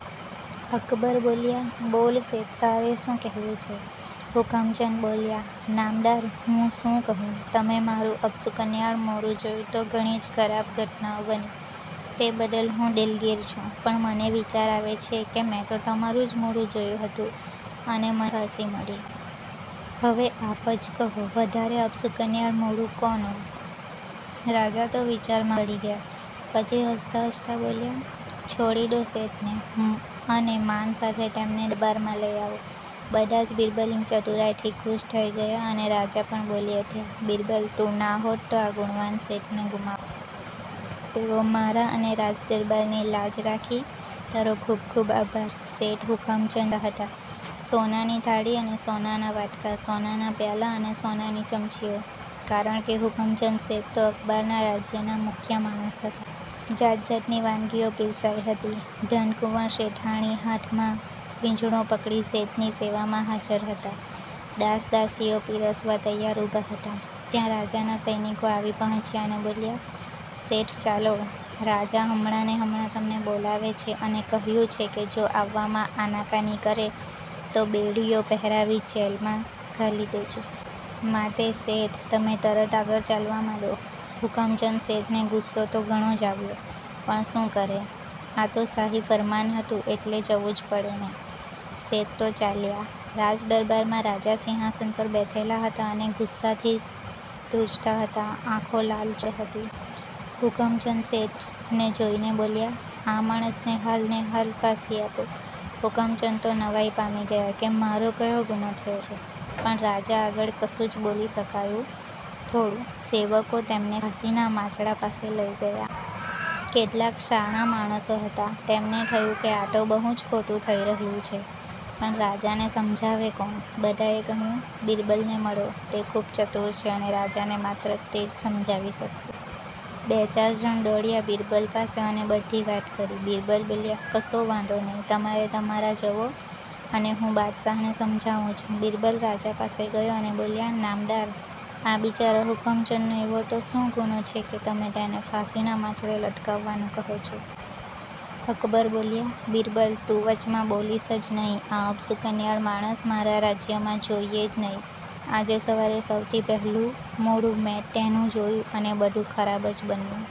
અકબર બોલ્યા: બોલ શેઠ, તારે શું કહેવું છે? હુકમચંદ બોલ્યા: નામદાર, હું શું કહું? તમે મારું અપશુકનિયાળ મોઢું જોયું તો ઘણી જ ખરાબ ઘટનાઓ બની. તે બદલ હું દિલગીર છું. પણ મને વિચાર આવે છે કે મેં તો તમારૂં જ મોંઢું જોયું હતું અને મને હસી મળી. હવે આપજ કહો વધારે અપશુકનિયાળ મોંઢું કોનું? રાજા તો વિચારમાં પડી ગયા. પછી હસતા હસતા બોલ્યા: છોડી દો શેઠને અને માન સાથે તેમને દરબારમાં લઈ આવો. બધા જ બિરબલની ચતુરાઈથી ખુશ થઈ ગયા અને રાજા પણ બોલી ઉઠ્યા: બિરબલ, તું નાહોત તો આ ગુણવાન શેઠને ગુમા તેઓ મારાં અને રાજ દરબારની લાજ રાખી. તારો ખૂબ ખૂબ આભાર. શેઠ હુકમચંદ હતા. સોનાની થાળી અને સોનાના વાટકા, સોનાના પ્યાલા અને સોનાની ચમચીઓ.. કારણકે હુકમચંદ શેઠ તો અકબરના રાજ્યના મુખ્ય માણસ હતા. જાતજાતની વાનગીઓ પીરસાઈ હતી. ધનકુંવર શેઠાણી હાથમાં વીંઝણો પકડી શેઠની સેવામાં હાજર હતા. દાસ-દાસીઓ પીરસવા તૈયાર ઉભા હતા. ત્યાં રાજાના સૈનિકો આવી પહોંચ્યા અને બોલ્યા: શેઠ, ચાલો. રાજા હમણાંને હમણાં તમને બોલાવે છે અને કહ્યું છે કે જો આવવામાં આનાકાની કરે તો બેડીઓ પહેરાવી જેલમાં ઘાલી દેજો. માટે શેઠ, તમે તરત આગળ ચાલવા માંડો. હુકમચંદ શેઠને ગુસ્સો તો ઘણો જ આવ્યો, પણ શું કરે? આ તો શાહી ફરમાન હતું એટલે જવું જ પડે ને? શેઠ તો ચાલ્યા. રાજ દરબારમાં રાજા સિંહાસન પર બેઠેલા હતા અને ગુસાથી દ્રુજતા હતા, આંખો લાલચોળ હતી. હુકમચંદ શેઠને જોઇને બોલ્યા: આ માણસને હાલને હાલ ફાંસી આપો. હુકમચંદ તો નવાઈ પામી ગયા કે મારો કયો ગુનો થયો છે? પણ રાજા આગળ કશું જ બોલી શકાય થોડું? સેવકો તેમને ફાંસીના માંચડા પાસે લઈ ગયા. કેટલાક શાણા માણસો હતા, તેમને થયું કે આ તો બહુ જ ખોટું થઈ રહ્યું છે. પણ રાજાને સમજાવે કોણ? બધાએ કહ્યું: બિરબલને મળો. તે ખૂબ ચતુર છે અને રાજાને માત્ર તે જ સમજાવી શકશે. બે-ચાર જણ દોડ્યા બિરબલ પાસે અને બધી વાત કરી. બિરબલ બોલ્યા: કશો વાંધો નહીં. તમારે તમારા જઓ અને હું બાદશાહને સમજાવું છું. બિરબલ રાજા પાસે ગયા અને બોલ્યા: નામદાર, આ બિચારા હુકમચંદનો એવો તો શો ગુનો છે કે તમે તેમને ફાંસીના માંચડે લટકાવવાનું કહો છો? અકબર બોલ્યા: બિરબલ, તું વચમાં બોલીશ જ નહીં. આ અપશુકનિયાળ માણસ મારા રાજ્યમાં જોઈએ જ નહીં. આજે સવારે સૌથી પહેલું મોઢું મેં તેનું જોયું અને બધું ખરાબ જ બન્યું